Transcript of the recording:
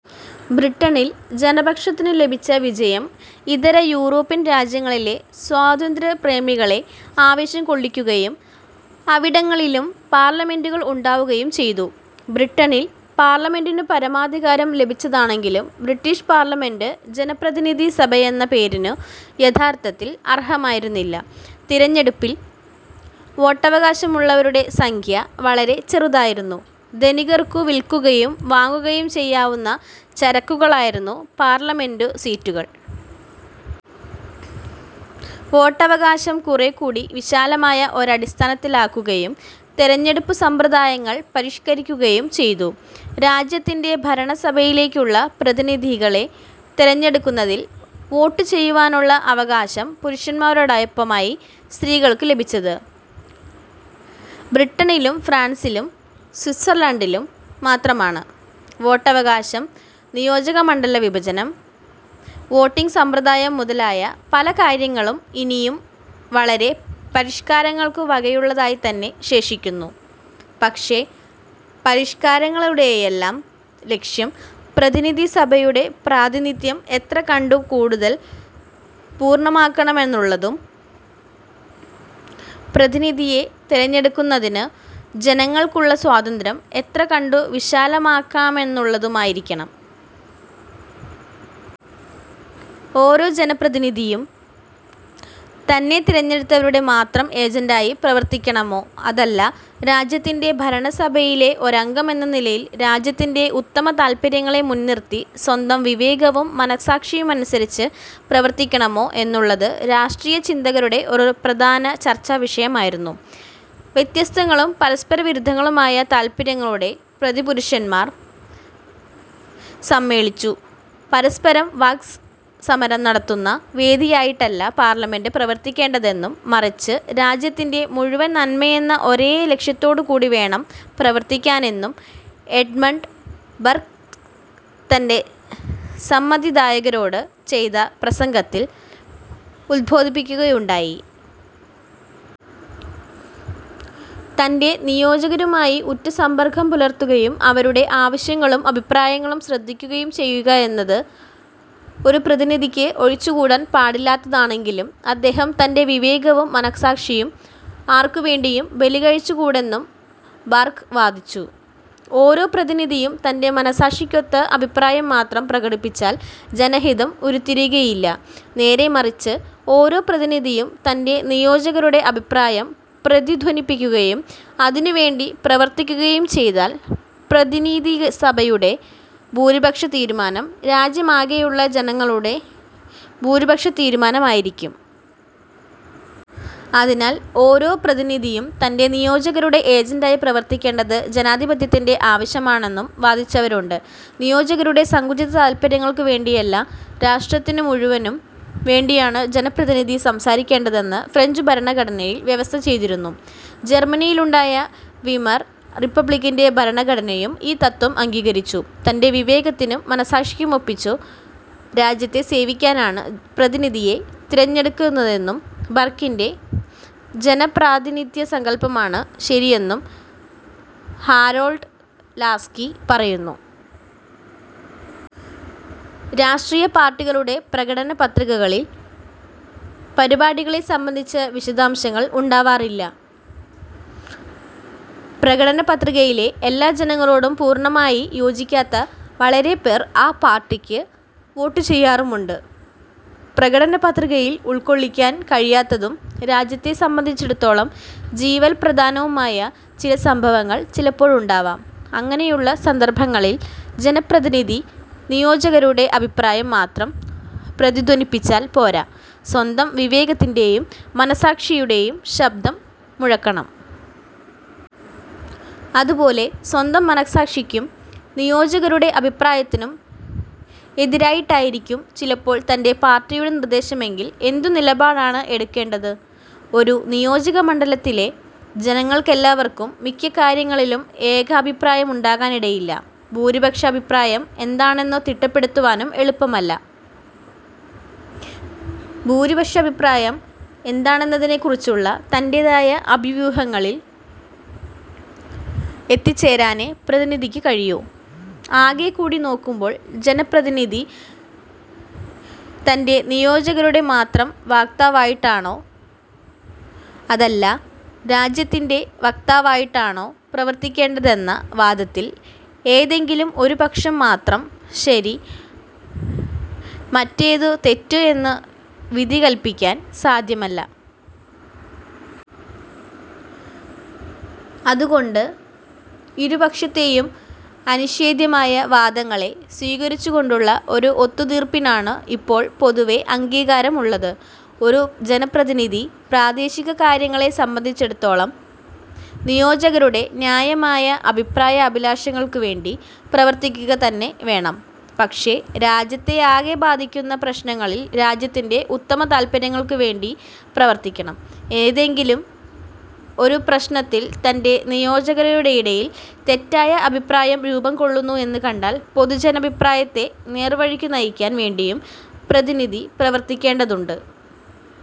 ബ്രിട്ടനിൽ ജനപക്ഷത്തിനു ലഭിച്ച വിജയം ഇതര യൂറോപ്യൻ രാജ്യങ്ങളിലെ സ്വാതന്ത്ര്യപ്രേമികളെ ആവേശംകൊള്ളിക്കുകയും അവിടങ്ങളിലും പാർലമെന്റുകൾ ഉണ്ടാവുകയും ചെയ്തു. ബ്രിട്ടനിൽ പാർലമെന്റിനു പരമാധികാരം ലഭിച്ചതാണെങ്കിലും ബ്രിട്ടീഷ് പാർലമെന്റ് ജനപ്രതിനിധിസഭയെന്ന പേരിനു യഥാർത്ഥത്തിൽ അർഹമായിരുന്നില്ല. തിരഞ്ഞെടുപ്പിൽ വോട്ടവകാശമുള്ളവരുടെ സംഖ്യ വളരെ ചെറുതായിരുന്നു. ധനികർക്കു വിൽക്കുകയും വാങ്ങുകയും ചെയ്യാവുന്ന ചരക്കുകളായിരുന്നു പാർലമെന്റു സീറ്റുകൾ. വോട്ടവകാശം കുറേക്കൂടി വിശാലമായ ഒരടിസ്ഥാനത്തിലാക്കുകയും തെരഞ്ഞെടുപ്പുസമ്പ്രദായങ്ങൾ പരിഷ്കരിക്കുകയും ചെയ്തു. രാജ്യത്തിന്റെ ഭരണസഭയിലേക്കുള്ള പ്രതിനിധികളെ തെരഞ്ഞെടുക്കുന്നതിൽ വോട്ടുചെയ്യുവാനുള്ള അവകാശം പുരുഷന്മാരോടൊപ്പമായി സ്ത്രീകൾക്കു ലഭിച്ചത്, ബ്രിട്ടനിലും, ഫ്രാൻസിലും, സ്വിറ്റ്സർലണ്ടിലും മാത്രമാണു. വോട്ടവകാശം, നിയോജകമണ്ഡലവിഭജനം, വോട്ടിങ്ങ് സമ്പ്രദായം മുതലായ പലകാര്യങ്ങളും ഇനിയും വളരെ പരിഷ്കാരങ്ങൾക്കു വകയുള്ളതായിത്തന്നെ ശേഷിക്കുന്നു. പക്ഷെ, പരിഷ്കാരങ്ങളുടെയെല്ലാം ലക്ഷ്യം പ്രതിനിധിസഭയുടെ പ്രാതിനിധ്യം എത്രകണ്ടു കൂടുതൽ പൂർണ്ണമാക്കണമെന്നുള്ളതും പ്രതിനിധിയെ തെരഞ്ഞെടുക്കുന്നതിനു ജനങ്ങൾക്കുള്ള സ്വാതന്ത്ര്യം എത്രകണ്ടു വിശാലമാക്കാമെന്നുള്ളതുമായിരിക്കണം. ഓരോ ജനപ്രതിനിധിയും, തന്നെ തിരഞ്ഞെടുത്തവരുടെ മാത്രം ഏജന്റായി പ്രവർത്തിക്കണമോ, അതല്ല രാജ്യത്തിന്റെ ഭരണസഭയിലെ ഒരംഗം എന്ന നിലയിൽ രാജ്യത്തിന്റെ ഉത്തമതാല്പര്യങ്ങളെ മുൻ നിർത്തി സ്വന്തം വിവേകവും മനസാക്ഷിയുമനുസരിച്ച് പ്രവർത്തിക്കണമോ എന്നുള്ളത് രാഷ്ട്രീയ ചിന്തകരുടെ ഒരു പ്രധാന ചർച്ചാവിഷയമായിരുന്നു. വ്യത്യസ്തങ്ങളും പരസ്പരവിരുദ്ധങ്ങളുമായ താൽപര്യങ്ങളുടെ പ്രതിപുരുഷന്മാർ സമ്മേളിച്ചു പരസ്പരം വാക് സമരം നടത്തുന്ന വേദിയായിട്ടല്ല പാർലമെന്റ് പ്രവർത്തിക്കേണ്ടതെന്നും മറിച്ച് രാജ്യത്തിന്റെ മുഴുവൻ നന്മയെന്ന ഒരേ ലക്ഷ്യത്തോടുകൂടിവേണം പ്രവർത്തിക്കാനെന്നും എഡ്മണ്ട് ബർക്ക് തന്റെ സമ്മതിദായകരോടു ചെയ്ത പ്രസംഗത്തിൽ ഉൽബോധിപ്പിക്കുകയുണ്ടായി. തന്റെ നിയോജകരുമായി ഉറ്റസമ്പർക്കം പുലർത്തുകയും അവരുടെ ആവശ്യങ്ങളും അഭിപ്രായങ്ങളും ശ്രദ്ധിക്കുകയും ചെയ്യുകയെന്നത് ഒരു പ്രതിനിധിക്ക് ഒഴിച്ചുകൂടാൻ പാടില്ലാത്തതാണെങ്കിലും അദ്ദേഹം തന്റെ വിവേകവും മനസാക്ഷിയും ആർക്കുവേണ്ടിയും ബലികഴിച്ചുകൂടെന്നും ബർക്ക് വാദിച്ചു. ഓരോ പ്രതിനിധിയും തന്റെ മനസാക്ഷിക്കൊത്ത അഭിപ്രായം മാത്രം പ്രകടിപ്പിച്ചാൽ ജനഹിതം ഉരുത്തിരിയുകയില്ല; നേരെമറിച്ച് ഓരോ പ്രതിനിധിയും തന്റെ നിയോജകരുടെ അഭിപ്രായം പ്രതിധ്വനിപ്പിക്കുകയും അതിനുവേണ്ടി പ്രവർത്തിക്കുകയും ചെയ്താൽ പ്രതിനിധിസഭയുടെ ഭൂരിപക്ഷതീരുമാനം രാജ്യമാകെയുള്ള ജനങ്ങളുടെ ഭൂരിപക്ഷതീരുമാനമായിരിക്കും. അതിനാൽ ഓരോ പ്രതിനിധിയും തന്റെ നിയോജകരുടെ ഏജന്റായി പ്രവർത്തിക്കേണ്ടത് ജനാധിപത്യത്തിന്റെ ആവശ്യമാണെന്നും വാദിച്ചവരുണ്ട്. നിയോജകരുടെ സങ്കുചിതതാല്പര്യങ്ങൾക്കു വേണ്ടിയല്ല, രാഷ്ട്രത്തിനു മുഴുവനും വേണ്ടിയാണു ജനപ്രതിനിധി സംസാരിക്കേണ്ടതെന്ന് ഫ്രഞ്ചുഭരണഘടനയിൽ വ്യവസ്ഥചെയ്തിരുന്നു. ജർമ്മനിയിലുണ്ടായ വീമർ റിപ്പബ്ലിക്കിന്റെ ഭരണഘടനയും ഈ തത്ത്വം അംഗീകരിച്ചു. തന്റെ വിവേകത്തിനും മനസാക്ഷിക്കുമൊപ്പിച്ചു രാജ്യത്തെ സേവിക്കാനാണു പ്രതിനിധിയെ തെരഞ്ഞെടുക്കുന്നതെന്നും, ബർക്കിന്റെ ജനപ്രാതിനിധ്യസങ്കല്പമാണു ശരിയെന്നും ഹാരോൾഡ് ലാസ്കി പറയുന്നു. രാഷ്ട്രീയ പാർട്ടികളുടെ പ്രകടനപത്രികകളിൽ പരിപാടികളെ സംബന്ധിച്ച വിശദാംശങ്ങൾ ഉണ്ടാവാറില്ല. പ്രകടനപത്രികയിലെ എല്ലാ ഇനങ്ങളോടും പൂർണ്ണമായി യോജിക്കാത്ത വളരെപ്പേർ ആ പാർട്ടിക്ക് വോട്ടു ചെയ്യാറുമുണ്ട്. പ്രകടനപത്രികയിൽ ഉൾക്കൊള്ളിക്കാൻ കഴിയാത്തതും, രാജ്യത്തെ സംബന്ധിച്ചിടത്തോളം ജീവൽ പ്രധാനവുമായ ചില സംഭവങ്ങൾ ചിലപ്പോഴുണ്ടാവാം. അങ്ങനെയുള്ള സന്ദർഭങ്ങളിൽ ജനപ്രതിനിധി നിയോജകരുടെ അഭിപ്രായം മാത്രം പ്രതിധ്വനിപ്പിച്ചാൽ പോരാ, സ്വന്തം വിവേകത്തിന്റേയും മനസാക്ഷിയുടെയും ശബ്ദം മുഴക്കണം. അതുപോലെ സ്വന്തം മനസാക്ഷിക്കും, നിയോജകരുടെ അഭിപ്രായത്തിനും എതിരായിട്ടായിരിക്കും ചിലപ്പോൾ തന്റെ പാർട്ടിയുടെ നിർദ്ദേശമെങ്കിൽ എന്തു നിലപാടാണു എടുക്കേണ്ടത്? ഒരു നിയോജകമണ്ഡലത്തിലെ ജനങ്ങൾക്കെല്ലാവർക്കും മിക്ക കാര്യങ്ങളിലും ഏകഭിപ്രായമുണ്ടാകാനിടയില്ല. ഭൂരിപക്ഷാഭിപ്രായം എന്താണെന്നു തിട്ടപ്പെടുത്തുവാനും എളുപ്പമല്ല. ഭൂരിപക്ഷാഭിപ്രായം എന്താണെന്നുള്ളതിനെക്കുറിച്ച് തന്റേതായ അഭ്യൂഹങ്ങളിൽ എത്തിച്ചേരാനേ പ്രതിനിധിക്കു കഴിയൂ. ആകെക്കൂടി നോക്കുമ്പോൾ, ജനപ്രതിനിധി തന്റേ നിയോജകരുടെ മാത്രം വക്താവായിട്ടാണോ, അതല്ല രാജ്യത്തിന്റേ വക്താവായിട്ടാണോ പ്രവർത്തിക്കേണ്ടതെന്ന വാദത്തിൽ ഏതെങ്കിലും ഒരുപക്ഷം മാത്രം ശരി, മറ്റേതു തെറ്റ് എന്നു വിധികല്പിക്കാൻ സാദ്ധ്യമല്ല. അതുകൊണ്ട് ഇരുപക്ഷത്തേയും അനിഷേദ്ധ്യമായ വാദങ്ങളെ സ്വീകരിച്ചുകൊണ്ടുള്ള ഒരു ഒത്തുതീർപ്പിനാണു ഇപ്പോൾ പൊതുവേ അംഗീകാരമുള്ളത്. ഒരു ജനപ്രതിനിധി പ്രാദേശികകാര്യങ്ങളെ സംബന്ധിച്ചിടത്തോളം നിയോജകരുടെ ന്യായമായ അഭിപ്രായാഭിലാഷങ്ങൾക്കുവേണ്ടി പ്രവർത്തിക്കുകതന്നെ വേണം; പക്ഷേ രാജ്യത്തെയാകെ ബാധിക്കുന്ന പ്രശ്നങ്ങളിൽ രാജ്യത്തിന്റെ ഉത്തമതാല്പര്യങ്ങൾക്കു വേണ്ടി പ്രവർത്തിക്കണം. ഏതെങ്കിലും ഒരു പ്രശ്നത്തിൽ തന്റെ നിയോജകരുടെയിടയിൽ തെറ്റായ അഭിപ്രായം രൂപംകൊള്ളുന്നു എന്നു കണ്ടാൽ പൊതുജനാഭിപ്രായത്തെ നേർവഴിക്കു നയിക്കാൻ വേണ്ടിയും പ്രതിനിധി പ്രവർത്തിക്കേണ്ടതുണ്ട്.